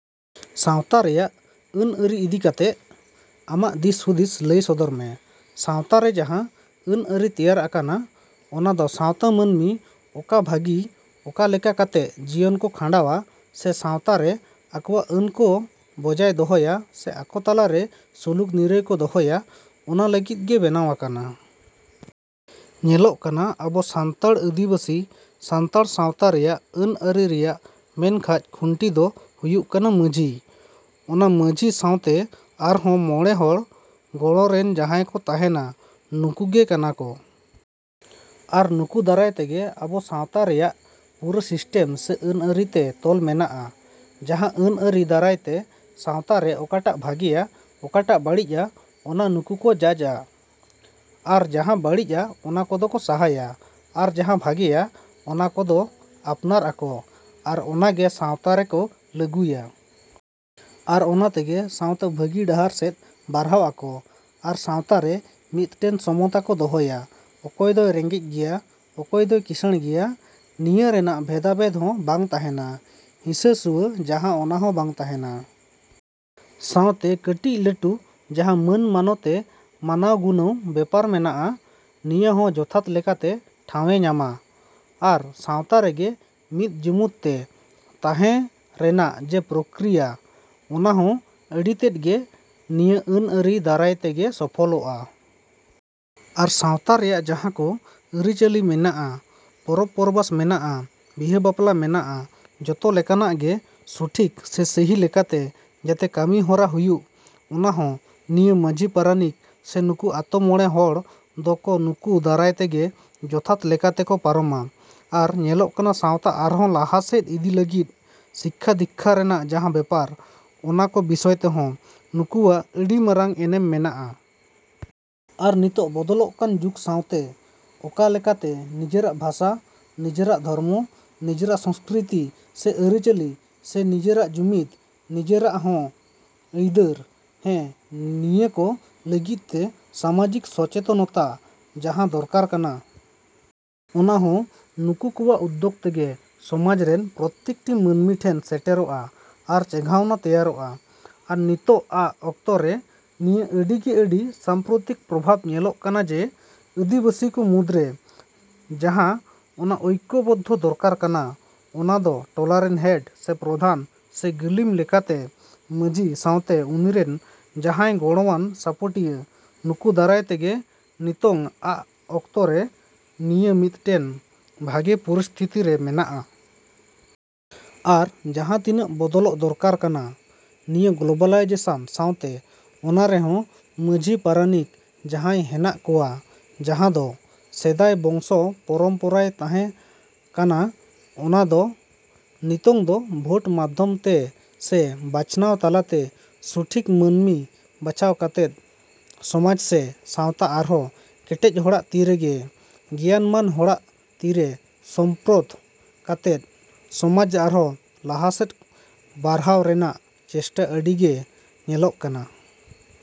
ᱥᱟᱶᱛᱟ ᱨᱮᱭᱟᱜ ᱟᱹᱱ ᱟᱹᱨᱤ ᱤᱫᱤ ᱠᱟᱛᱮᱜ ᱟᱢᱟᱜ ᱫᱤᱥ ᱦᱩᱫᱤᱥ ᱞᱟᱹᱭ ᱥᱚᱫᱚᱨ ᱢᱮ᱾ ᱥᱟᱶᱛᱟ ᱨᱮ ᱡᱟᱦᱟᱸ ᱟᱹᱱ ᱟᱹᱨᱤ ᱛᱮᱭᱟᱨ ᱟᱠᱟᱱᱟ ᱚᱱᱟ ᱫᱚ ᱥᱟᱶᱛᱟ ᱢᱟᱹᱱᱢᱤ ᱚᱠᱟ ᱵᱷᱟᱜᱤ, ᱚᱠᱟ ᱞᱮᱠᱟ ᱠᱟᱛᱮᱜ ᱡᱤᱭᱚᱱ ᱠᱚ ᱠᱷᱟᱸᱰᱟᱣᱟ ᱥᱮ ᱥᱟᱶᱛᱟ ᱨᱮ ᱟᱠᱚᱣᱟᱜ ᱟᱹᱱ ᱠᱚ ᱵᱚᱡᱟᱭ ᱫᱚᱦᱚᱭᱟ ᱥᱮ ᱟᱠᱚ ᱛᱟᱞᱟ ᱨᱮ ᱥᱩᱞᱩᱠ ᱱᱤᱨᱟᱹᱭ ᱠᱚ ᱫᱚᱦᱚᱭᱟ, ᱚᱱᱟ ᱞᱟᱹᱜᱤᱫ ᱜᱮ ᱵᱮᱱᱟᱣ ᱟᱠᱟᱱᱟ᱾ ᱧᱮᱞᱚᱜ ᱠᱟᱱᱟ ᱟᱵᱚ ᱥᱟᱱᱛᱟᱲ ᱟᱹᱫᱤᱵᱟᱹᱥᱤ ᱥᱟᱱᱛᱟᱲ ᱥᱟᱶᱛᱟ ᱨᱮᱭᱟᱜ ᱟᱹᱱ ᱟᱹᱨᱤ ᱨᱮᱭᱟᱜ ᱢᱮᱱ ᱠᱷᱟᱢ ᱠᱷᱩᱱᱴᱤ ᱫᱚ ᱦᱩᱭᱩᱜ ᱠᱟᱱᱟ ᱢᱟᱺᱡᱷᱤ᱾ ᱚᱱᱟ ᱢᱟᱺᱡᱷᱤ ᱥᱟᱶᱛᱮ ᱟᱨᱦᱚᱸ ᱢᱚᱬᱮ ᱦᱚᱲ ᱜᱚᱲᱚ ᱨᱮᱱ ᱡᱟᱦᱟᱸᱭ ᱠᱚ ᱛᱟᱦᱮᱸᱱᱟ, ᱱᱩᱠᱩ ᱜᱮ ᱠᱟᱱᱟ ᱠᱚ, ᱟᱨ ᱱᱩᱠᱩ ᱫᱟᱨᱟᱭ ᱛᱮᱜᱮ ᱟᱵᱚ ᱥᱟᱶᱛᱟ ᱨᱮᱱᱟᱜ ᱯᱩᱨᱟᱹ ᱥᱤᱥᱴᱮᱢ ᱥᱮ ᱟᱹᱱ ᱟᱹᱨᱤ ᱛᱮ ᱛᱚᱞ ᱢᱮᱱᱟᱜᱼᱟ, ᱡᱟᱦᱟᱸ ᱟᱹᱱ ᱟᱹᱨᱤ ᱫᱟᱨᱟᱭ ᱛᱮ ᱥᱟᱶᱛᱟ ᱨᱮ ᱚᱠᱟᱴᱟᱜ ᱵᱷᱟᱜᱮᱭᱟ, ᱚᱠᱟᱴᱟᱜ ᱵᱟᱹᱲᱤᱡᱼᱟ ᱚᱱᱟ ᱩᱱᱠᱩ ᱠᱚ ᱡᱟᱡᱽᱼᱟ ᱟᱨ ᱡᱟᱦᱟᱸ ᱵᱟᱹᱲᱤᱡᱼᱟ ᱚᱱᱟ ᱠᱚᱫᱚ ᱠᱚ ᱥᱟᱦᱟᱭᱟ, ᱟᱨ ᱡᱟᱦᱟᱸ ᱵᱷᱟᱜᱮᱭᱟ ᱚᱱᱟ ᱠᱚᱫᱚ ᱟᱯᱱᱟᱨ ᱟᱠᱚ ᱟᱨ ᱚᱱᱟ ᱜᱮ ᱥᱟᱶᱛᱟ ᱨᱮᱠᱚ ᱞᱟᱹᱜᱩᱭᱟ᱾ ᱟᱨ ᱚᱱᱟ ᱛᱮᱜᱮ ᱥᱟᱶᱛᱟ ᱵᱷᱟᱹᱜᱤ ᱰᱟᱦᱟᱨ ᱥᱮᱫ ᱰᱟᱨᱦᱟᱣ ᱟᱠᱚ᱾ ᱟᱨ ᱥᱟᱶᱛᱟ ᱨᱮ ᱢᱤᱫᱴᱮᱱ ᱥᱚᱢᱚᱛᱟ ᱠᱚ ᱫᱚᱦᱚᱭᱟ, ᱚᱠᱚᱭ ᱫᱚᱭ ᱨᱮᱸᱜᱮᱡ ᱜᱮᱭᱟ, ᱚᱠᱚᱭ ᱫᱚᱭ ᱠᱤᱸᱥᱟᱹᱬ ᱜᱮᱭᱟ, ᱱᱤᱭᱟᱹ ᱨᱮᱱᱟᱜ ᱵᱷᱮᱫᱟ ᱵᱷᱮᱫ ᱦᱚᱸ ᱵᱟᱝ ᱛᱟᱦᱮᱸᱱᱟ, ᱦᱤᱸᱥᱟᱹ ᱥᱩᱭᱟᱹ ᱡᱟᱦᱟᱸ ᱚᱱᱟ ᱦᱚᱸ ᱵᱟᱝ ᱛᱟᱦᱮᱸᱱᱟ᱾ ᱥᱟᱶᱛᱮ ᱠᱟᱹᱴᱤᱡ ᱞᱟᱹᱴᱩ ᱡᱟᱦᱟᱸ ᱢᱟᱱ ᱢᱟᱱᱚᱛ ᱮ ᱢᱟᱱᱟᱣ ᱜᱩᱱᱟᱹᱣ ᱵᱮᱯᱟᱨ ᱢᱮᱱᱟᱜᱼᱟ, ᱱᱤᱭᱟᱹ ᱦᱚᱸ ᱡᱚᱛᱷᱟᱛ ᱞᱮᱠᱟᱛᱮ ᱴᱷᱟᱸᱣᱭᱮ ᱧᱟᱢᱟ᱾ ᱟᱨ ᱥᱟᱶᱛᱟ ᱨᱮᱜᱮ ᱢᱤᱫ ᱡᱩᱢᱩᱫ ᱛᱮ ᱛᱟᱦᱮᱸ ᱨᱮᱱᱟᱜ ᱡᱮ ᱯᱨᱚᱠᱠᱨᱤᱭᱟ ᱚᱱᱟ ᱦᱚᱸ ᱟᱹᱰᱤ ᱛᱮᱫ ᱜᱮ ᱱᱤᱭᱟᱹ ᱟᱹᱱ ᱟᱹᱨᱤ ᱫᱟᱨᱟᱭ ᱛᱮᱜᱮ ᱥᱚᱯᱷᱚᱞᱚᱜᱼᱟ᱾ ᱟᱨ ᱥᱟᱶᱛᱟ ᱨᱮᱭᱟᱜ ᱡᱟᱦᱟᱸ ᱠᱚ ᱟᱹᱨᱤ ᱪᱟᱹᱞᱤ ᱢᱮᱱᱟᱜᱼᱟ, ᱯᱚᱨᱚᱵᱽ ᱯᱚᱨᱵᱟᱥ ᱢᱮᱱᱟᱜᱼᱟ, ᱵᱤᱦᱟᱹ ᱵᱟᱯᱞᱟ ᱢᱮᱱᱟᱜᱼᱟ, ᱡᱚᱛᱚ ᱞᱮᱠᱟᱱᱟᱜ ᱜᱮ ᱥᱚᱴᱷᱤᱠ ᱥᱮ ᱥᱟᱹᱦᱤ ᱞᱮᱠᱟᱛᱮ ᱡᱟᱛᱮ ᱠᱟᱹᱢᱤ ᱦᱚᱨᱟ ᱦᱩᱭᱩᱜ ᱚᱱᱟ ᱦᱚᱸ ᱱᱤᱭᱟᱹ ᱢᱟᱺᱡᱷᱤ ᱯᱟᱨᱟᱱᱤᱠ ᱥᱮ ᱱᱩᱠᱩ ᱟᱛᱳ ᱢᱚᱬᱮ ᱦᱚᱲ ᱫᱚ ᱠᱚ ᱱᱩᱠᱩ ᱫᱟᱨᱟᱭ ᱛᱮᱜᱮ ᱡᱚᱛᱷᱟᱛ ᱞᱮᱠᱟᱛᱮ ᱠᱚ ᱯᱟᱨᱚᱢᱟ ᱟᱨ ᱧᱮᱞᱚᱜ ᱠᱟᱱᱟ ᱥᱟᱶᱛᱟ ᱟᱨᱦᱚᱸ ᱞᱟᱦᱟᱥᱮᱫ ᱤᱫᱤ ᱞᱟᱹᱜᱤᱫ ᱥᱤᱠᱠᱷᱟ-ᱫᱤᱠᱠᱷᱟ ᱨᱮᱱᱟᱜ ᱡᱟᱦᱟᱸ ᱵᱮᱯᱟᱨ ᱚᱱᱟ ᱠᱚ ᱵᱤᱥᱚᱭ ᱛᱮᱦᱚᱸ ᱱᱩᱠᱩᱣᱟᱜ ᱟᱹᱰᱤ ᱢᱟᱨᱟᱝ ᱮᱱᱮᱢ ᱢᱮᱱᱟᱜᱼᱟ᱾ ᱟᱨ ᱱᱤᱛᱚᱜ ᱵᱚᱫᱚᱞᱚᱜ ᱠᱟᱱ ᱡᱩᱜᱽ ᱥᱟᱶᱛᱮ ᱚᱠᱟ ᱞᱮᱠᱟᱛᱮ ᱱᱤᱡᱮᱨᱟᱜ ᱵᱷᱟᱥᱟ, ᱱᱤᱡᱮᱨᱟᱜ ᱫᱷᱚᱨᱢᱚ, ᱱᱤᱡᱮᱨᱟᱜ ᱥᱚᱝᱥᱠᱨᱤᱛᱤ ᱥᱮ ᱟᱹᱨᱤ ᱪᱟᱹᱞᱤ ᱥᱮ ᱱᱤᱡᱮᱨᱟᱜ ᱡᱩᱢᱤᱫ, ᱱᱤᱡᱮᱨᱟᱜ ᱦᱚᱸ ᱟᱹᱭᱫᱟᱹᱨ, ᱦᱮᱸ, ᱱᱤᱭᱟᱹ ᱠᱚ ᱞᱟᱹᱜᱤᱫ ᱛᱮ ᱥᱟᱢᱟᱡᱤᱠ ᱥᱚᱪᱮᱛᱚᱱᱚᱛᱟ ᱡᱟᱦᱟᱸ ᱫᱚᱨᱠᱟᱨ ᱠᱟᱱᱟ ᱚᱱᱟ ᱦᱚᱸ ᱱᱩᱠᱩ ᱠᱚᱣᱟᱜ ᱩᱫᱽᱫᱳᱜ ᱛᱮᱜᱮ ᱥᱚᱢᱟᱡᱽ ᱨᱮᱱ ᱯᱨᱚᱛᱛᱮᱠ ᱴᱤ ᱢᱟᱹᱱᱢᱤ ᱴᱷᱮᱱ ᱥᱮᱴᱮᱨᱚᱜᱼᱟ, ᱟᱨ ᱪᱮᱸᱜᱷᱟᱣᱱᱟ ᱛᱮᱭᱟᱨᱚᱜᱼᱟ, ᱟᱨ ᱱᱤᱛᱚᱜᱼᱟᱜ ᱚᱠᱛᱚ ᱨᱮ ᱱᱤᱭᱟᱹ ᱟᱹᱰᱤ ᱜᱮ ᱟᱹᱰᱤ ᱥᱟᱢᱯᱨᱚᱛᱤᱠ ᱯᱨᱚᱵᱷᱟᱵᱽ ᱧᱮᱞᱚᱜ ᱠᱟᱱᱟ, ᱡᱮ ᱟᱹᱫᱤᱵᱟᱥᱤ ᱠᱚ ᱢᱩᱫᱽᱨᱮ ᱡᱟᱦᱟᱸ ᱚᱱᱟ ᱳᱭᱠᱚᱵᱚᱫᱽᱫᱷᱚ ᱫᱚᱨᱠᱟᱨ ᱠᱟᱱᱟ ᱚᱱᱟ ᱫᱚ ᱴᱚᱞᱟ ᱨᱮᱱ ᱦᱮᱰ ᱥᱮ ᱯᱨᱚᱫᱷᱟᱱ ᱥᱮ ᱜᱟᱹᱞᱤᱢ ᱞᱮᱠᱟ ᱛᱮ ᱢᱟᱺᱡᱷᱤ ᱥᱟᱶᱛᱮ ᱩᱱᱤ ᱨᱮᱱ ᱡᱟᱦᱟᱸᱭ ᱜᱚᱲᱚᱣᱟᱱ ᱥᱟᱯᱚᱴᱤᱭᱟᱹ ᱱᱩᱠᱩ ᱫᱟᱨᱟᱭ ᱛᱮᱜᱮ ᱱᱤᱛᱚᱝ-ᱟᱜ ᱚᱠᱛᱚ ᱨᱮ ᱱᱤᱭᱟᱹ ᱢᱤᱫᱴᱮᱱ ᱵᱷᱟᱜᱮ ᱯᱚᱨᱤᱥᱛᱷᱤᱛᱤ ᱨᱮ ᱢᱮᱱᱟᱜᱼᱟ᱾ ᱟᱨ ᱡᱟᱦᱟᱸ ᱛᱤᱱᱟᱹᱜ ᱵᱚᱫᱚᱞᱚᱜ ᱫᱚᱨᱠᱟᱨ ᱠᱟᱱᱟ ᱱᱤᱭᱟᱹ ᱜᱞᱳᱵᱟᱞᱟᱭᱡᱮᱥᱚᱱ ᱥᱟᱶᱛᱮ ᱚᱱᱟ ᱨᱮᱦᱚᱸ ᱢᱟᱺᱡᱷᱤ ᱯᱟᱨᱟᱱᱤᱠ ᱡᱟᱦᱟᱸᱭ ᱦᱮᱱᱟᱜ ᱠᱚᱣᱟ ᱡᱟᱦᱟᱸ ᱫᱚ ᱥᱮᱫᱟᱭ ᱵᱚᱝᱥᱚ ᱯᱚᱨᱚᱢ ᱯᱚᱨᱟᱭ ᱛᱟᱦᱮᱸ ᱠᱟᱱᱟ, ᱚᱱᱟ ᱫᱚ ᱱᱤᱛᱚᱝ ᱫᱚ ᱵᱷᱳᱴ ᱢᱟᱫᱽᱫᱷᱚᱢ ᱛᱮ ᱥᱮ ᱵᱟᱪᱷᱱᱟᱣ ᱛᱟᱞᱟ ᱛᱮ ᱥᱚᱴᱷᱤᱠ ᱢᱟᱹᱱᱢᱤ ᱵᱟᱪᱷᱟᱣ ᱠᱟᱛᱮᱫ ᱥᱚᱢᱟᱡᱽ ᱥᱮ ᱥᱟᱶᱛᱟ ᱟᱨᱦᱚᱸ ᱠᱮᱴᱮᱡ ᱦᱚᱲᱟᱜ ᱛᱤ ᱨᱮᱜᱮ ᱜᱮᱭᱟᱱ ᱢᱟᱱ ᱦᱚᱲᱟᱜ ᱛᱤ ᱨᱮ ᱥᱳᱯᱨᱳᱫ ᱠᱟᱛᱮᱫ ᱥᱚᱢᱟᱡᱽ ᱟᱨᱦᱚᱸ ᱞᱟᱦᱟᱥᱮᱫ ᱰᱟᱨᱦᱟᱣ ᱨᱮᱱᱟᱜ ᱪᱮᱥᱴᱟ ᱟᱹᱰᱤ ᱜᱮ ᱧᱮᱞᱚᱜ ᱠᱟᱱᱟ᱾।